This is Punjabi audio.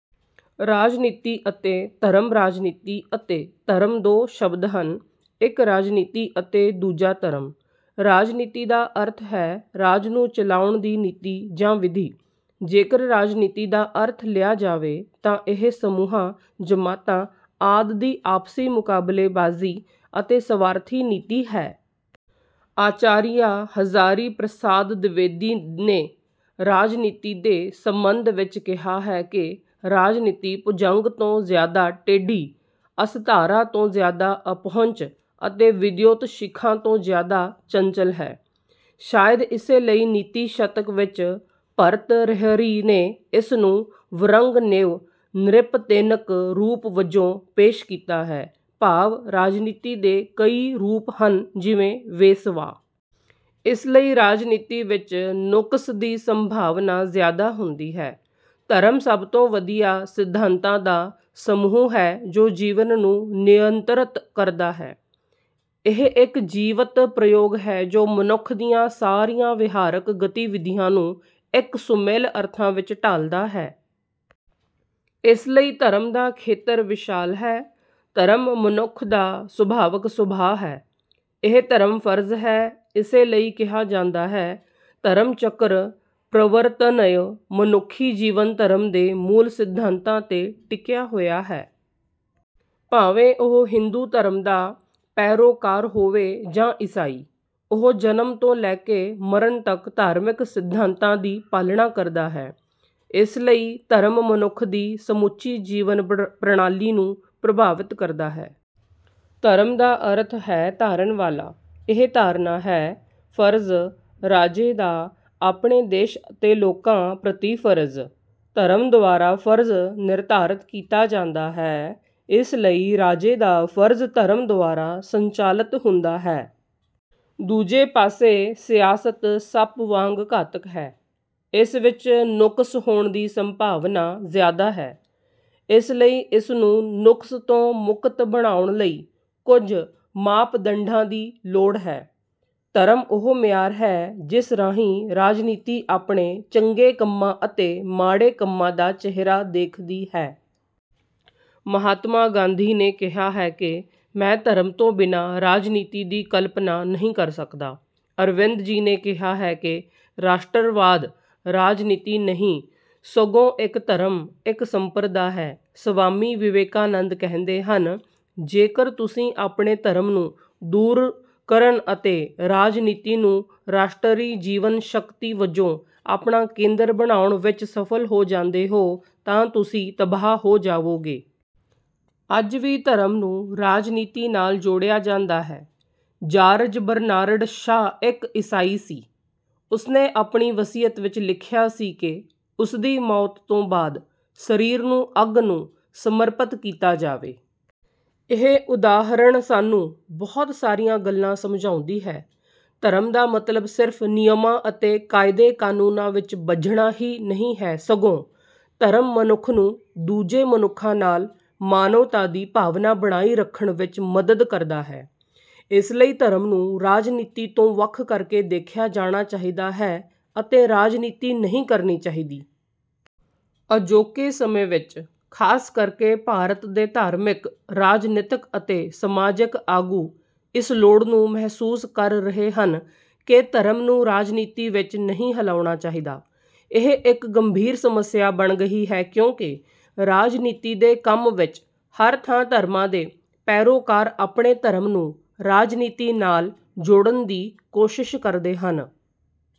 ਰਾਜਨੀਤੀ ਅਤੇ ਧਰਮ ਰਾਜਨੀਤੀ ਅਤੇ ਧਰਮ ਦੋ ਸ਼ਬਦ ਹਨ। ਇੱਕ ਰਾਜਨੀਤੀ ਅਤੇ ਦੂਜਾ ਧਰਮ। ਰਾਜਨੀਤੀ ਦਾ ਅਰਥ ਹੈ ਰਾਜ ਨੂੰ ਚਲਾਉਣ ਦੀ ਨੀਤੀ ਜਾਂ ਵਿਧੀ। ਜੇਕਰ ਰਾਜਨੀਤੀ ਦਾ ਅਰਥ ਲਿਆ ਜਾਵੇ ਤਾਂ ਇਹ ਸਮੂਹਾਂ, ਜਮਾਤਾਂ ਆਦਿ ਦੀ ਆਪਸੀ ਮੁਕਾਬਲੇਬਾਜ਼ੀ ਅਤੇ ਸਵਾਰਥੀ ਨੀਤੀ ਹੈ। ਆਚਾਰੀਆ ਹਜ਼ਾਰੀ ਪ੍ਰਸਾਦ ਦਿਵੇਦੀ ਨੇ ਰਾਜਨੀਤੀ ਦੇ ਸਬੰਧ ਵਿਚ ਕਿਹਾ ਹੈ ਕਿ ਰਾਜਨੀਤੀ ਭੁਜੰਗ ਤੋਂ ਜ਼ਿਆਦਾ ਟੇਢੀ, ਅਸਧਾਰਾ ਤੋਂ ਜ਼ਿਆਦਾ ਅਪਹੁੰਚ ਅਤੇ ਵਿਦਯੁਤ ਸ਼ਿਖਾ ਤੋਂ ਜ਼ਿਆਦਾ ਚੰਚਲ ਹੈ। ਸ਼ਾਇਦ ਇਸੇ ਲਈ ਨੀਤੀ ਸ਼ਤਕ ਵਿਚ ਭਰਤਰਿਹਰੀ ਨੇ ਇਸ ਨੂੰ 'ਵਰੰਗਨੇਵ ਨ੍ਰਿਪਤੇਨਿਕ ਰੂਪ' ਵਜੋਂ ਪੇਸ਼ ਕੀਤਾ ਹੈ, ਭਾਵ ਰਾਜਨੀਤੀ ਦੇ ਕਈ ਰੂਪ ਹਨ ਜਿਵੇਂ ਵੇਸਵਾ। ਇਸ ਲਈ ਰਾਜਨੀਤੀ ਵਿੱਚ ਨੁਕਸ ਦੀ ਸੰਭਾਵਨਾ ਜ਼ਿਆਦਾ ਹੁੰਦੀ ਹੈ। ਧਰਮ ਸਭ ਤੋਂ ਵਧੀਆ ਸਿਧਾਂਤਾਂ ਦਾ ਸਮੂਹ ਹੈ ਜੋ ਜੀਵਨ ਨੂੰ ਨਿਯੰਤਰਿਤ ਕਰਦਾ ਹੈ। ਇਹ ਇੱਕ ਜੀਵਤ ਪ੍ਰਯੋਗ ਹੈ ਜੋ ਮਨੁੱਖ ਦੀਆਂ ਸਾਰੀਆਂ ਵਿਹਾਰਕ ਗਤੀਵਿਧੀਆਂ ਨੂੰ ਇੱਕ ਸੁਮੇਲ ਅਰਥਾਂ ਵਿੱਚ ਢਾਲਦਾ ਹੈ। ਇਸ ਲਈ ਧਰਮ ਦਾ ਖੇਤਰ ਵਿਸ਼ਾਲ ਹੈ। ਧਰਮ ਮਨੁੱਖ ਦਾ ਸੁਭਾਵਿਕ ਸੁਭਾਅ ਹੈ। ਇਹ ਪਰਮ ਫਰਜ਼ ਹੈ। ਇਸੇ ਲਈ ਕਿਹਾ ਜਾਂਦਾ ਹੈ, 'ਧਰਮਚਕ੍ਰ ਪ੍ਰਵਰ੍ਤਨਯ'। ਮਨੁੱਖੀ ਜੀਵਨ ਧਰਮ ਦੇ ਮੂਲ ਸਿਧਾਂਤਾਂ 'ਤੇ ਟਿਕਿਆ ਹੋਇਆ ਹੈ। ਭਾਵੇਂ ਉਹ ਹਿੰਦੂ ਧਰਮ ਦਾ ਪੈਰੋਕਾਰ ਹੋਵੇ ਜਾਂ ਈਸਾਈ। ਉਹ ਜਨਮ ਤੋਂ ਲੈ ਕੇ ਮਰਨ ਤੱਕ ਧਾਰਮਿਕ ਸਿਧਾਂਤਾਂ ਦੀ ਪਾਲਣਾ ਕਰਦਾ ਹੈ। ਇਸ ਲਈ ਧਰਮ ਮਨੁੱਖ ਦੀ ਸਮੁੱਚੀ ਜੀਵਨ ਪ੍ਰਣਾਲੀ ਨੂੰ ਪ੍ਰਭਾਵਿਤ ਕਰਦਾ ਹੈ। ਧਰਮ ਦਾ ਅਰਥ ਹੈ ਧਾਰਨ ਵਾਲਾ। ਇਹ ਧਾਰਨਾ ਹੈ; ਫਰਜ਼, ਰਾਜੇ ਦਾ ਆਪਣੇ ਦੇਸ਼ ਅਤੇ ਲੋਕਾਂ ਪ੍ਰਤੀ ਫਰਜ਼। ਧਰਮ ਦੁਆਰਾ ਫਰਜ਼ ਨਿਰਧਾਰਤ ਕੀਤਾ ਜਾਂਦਾ ਹੈ। ਇਸ ਲਈ ਰਾਜੇ ਦਾ ਫਰਜ਼ ਧਰਮ ਦੁਆਰਾ ਸੰਚਾਲਿਤ ਹੁੰਦਾ ਹੈ। ਦੂਜੇ ਪਾਸੇ ਸਿਆਸਤ ਸੱਪ ਵਾਂਗ ਘਾਤਕ ਹੈ। ਇਸ ਵਿੱਚ ਨੁਕਸ ਹੋਣ ਦੀ ਸੰਭਾਵਨਾ ਜ਼ਿਆਦਾ ਹੈ, ਇਸ ਲਈ ਇਸ ਨੂੰ ਨੁਕਸ ਤੋਂ ਮੁਕਤ ਬਣਾਉਣ ਲਈ ਕੁਝ ਮਾਪਦੰਡਾਂ ਦੀ ਲੋੜ ਹੈ। ਧਰਮ ਉਹ ਮਿਆਰ ਹੈ ਜਿਸ ਰਾਹੀਂ ਰਾਜਨੀਤੀ ਆਪਣੇ ਚੰਗੇ ਕੰਮਾਂ ਅਤੇ ਮਾੜੇ ਕੰਮਾਂ ਦਾ ਚਿਹਰਾ ਦੇਖਦੀ ਹੈ। ਮਹਾਤਮਾ ਗਾਂਧੀ ਨੇ ਕਿਹਾ ਹੈ ਕਿ ਮੈਂ ਧਰਮ ਤੋਂ ਬਿਨਾਂ ਰਾਜਨੀਤੀ ਦੀ ਕਲਪਨਾ ਨਹੀਂ ਕਰ ਸਕਦਾ। ਅਰਵਿੰਦ ਜੀ ਨੇ ਕਿਹਾ ਹੈ ਕਿ ਰਾਸ਼ਟਰਵਾਦ ਰਾਜਨੀਤੀ ਨਹੀਂ ਸਗੋਂ ਇੱਕ ਧਰਮ, ਇੱਕ ਸੰਪਰਦਾ ਹੈ। ਸਵਾਮੀ ਵਿਵੇਕਾਨੰਦ ਕਹਿੰਦੇ ਹਨ, "ਜੇਕਰ ਤੁਸੀਂ ਆਪਣੇ ਧਰਮ ਨੂੰ ਦੂਰ ਕਰਨ ਅਤੇ ਰਾਜਨੀਤੀ ਨੂੰ ਰਾਸ਼ਟਰੀ ਜੀਵਨ ਸ਼ਕਤੀ ਵਜੋਂ ਆਪਣਾ ਕੇਂਦਰ ਬਣਾਉਣ ਵਿੱਚ ਸਫਲ ਹੋ ਜਾਂਦੇ ਹੋ, ਤਾਂ ਤੁਸੀਂ ਤਬਾਹ ਹੋ ਜਾਵੋਗੇ। " ਅੱਜ ਵੀ ਧਰਮ ਨੂੰ ਰਾਜਨੀਤੀ ਨਾਲ ਜੋੜਿਆ ਜਾਂਦਾ ਹੈ। ਜਾਰਜ ਬਰਨਾਰਡ ਸ਼ਾਅ ਇੱਕ ਈਸਾਈ ਸੀ, ਉਸਨੇ ਆਪਣੀ ਵਸੀਅਤ ਵਿੱਚ ਲਿਖਿਆ ਸੀ ਕਿ ਉਸਦੀ ਮੌਤ ਤੋਂ ਬਾਅਦ ਸਰੀਰ ਨੂੰ ਅੱਗ ਨੂੰ ਸਮਰਪਿਤ ਕੀਤਾ ਜਾਵੇ। ਇਹ ਉਦਾਹਰਣ ਸਾਨੂੰ ਬਹੁਤ ਸਾਰੀਆਂ ਗੱਲਾਂ ਸਮਝਾਉਂਦੀ ਹੈ। ਧਰਮ ਦਾ ਮਤਲਬ ਸਿਰਫ਼ ਨਿਯਮਾਂ ਅਤੇ ਕਾਇਦੇ-ਕਾਨੂੰਨਾਂ ਵਿੱਚ ਬੱਝਣਾ ਹੀ ਨਹੀਂ ਹੈ, ਸਗੋਂ ਧਰਮ ਮਨੁੱਖ ਨੂੰ ਦੂਜੇ ਮਨੁੱਖਾਂ ਨਾਲ ਮਾਨਵਤਾ ਦੀ ਭਾਵਨਾ ਬਣਾਈ ਰੱਖਣ ਵਿੱਚ ਮਦਦ ਕਰਦਾ ਹੈ, ਇਸ ਲਈ ਧਰਮ ਨੂੰ ਰਾਜਨੀਤੀ ਤੋਂ ਵੱਖ ਕਰਕੇ ਦੇਖਿਆ ਜਾਣਾ ਚਾਹੀਦਾ ਹੈ ਅਤੇ ਰਾਜਨੀਤੀ ਨਹੀਂ ਕਰਨੀ ਚਾਹੀਦੀ। ਅਜੋਕੇ ਸਮੇਂ ਵਿੱਚ, ਖਾਸ ਕਰਕੇ ਭਾਰਤ ਦੇ ਧਾਰਮਿਕ, ਰਾਜਨੀਤਿਕ ਅਤੇ ਸਮਾਜਿਕ ਆਗੂ ਇਸ ਲੋੜ ਨੂੰ ਮਹਿਸੂਸ ਕਰ ਰਹੇ ਹਨ ਕਿ ਧਰਮ ਨੂੰ ਰਾਜਨੀਤੀ ਵਿੱਚ ਨਹੀਂ ਰਲਾਉਣਾ ਚਾਹੀਦਾ। ਇਹ ਇੱਕ ਗੰਭੀਰ ਸਮੱਸਿਆ ਬਣ ਗਈ ਹੈ ਕਿਉਂਕਿ ਰਾਜਨੀਤੀ ਦੇ ਕੰਮ ਵਿੱਚ ਹਰ ਥਾਂ ਧਰਮਾਂ ਦੇ ਪੈਰੋਕਾਰ ਆਪਣੇ ਧਰਮ ਨੂੰ ਰਾਜਨੀਤੀ ਨਾਲ ਜੋੜਨ ਦੀ ਕੋਸ਼ਿਸ਼ ਕਰਦੇ ਹਨ।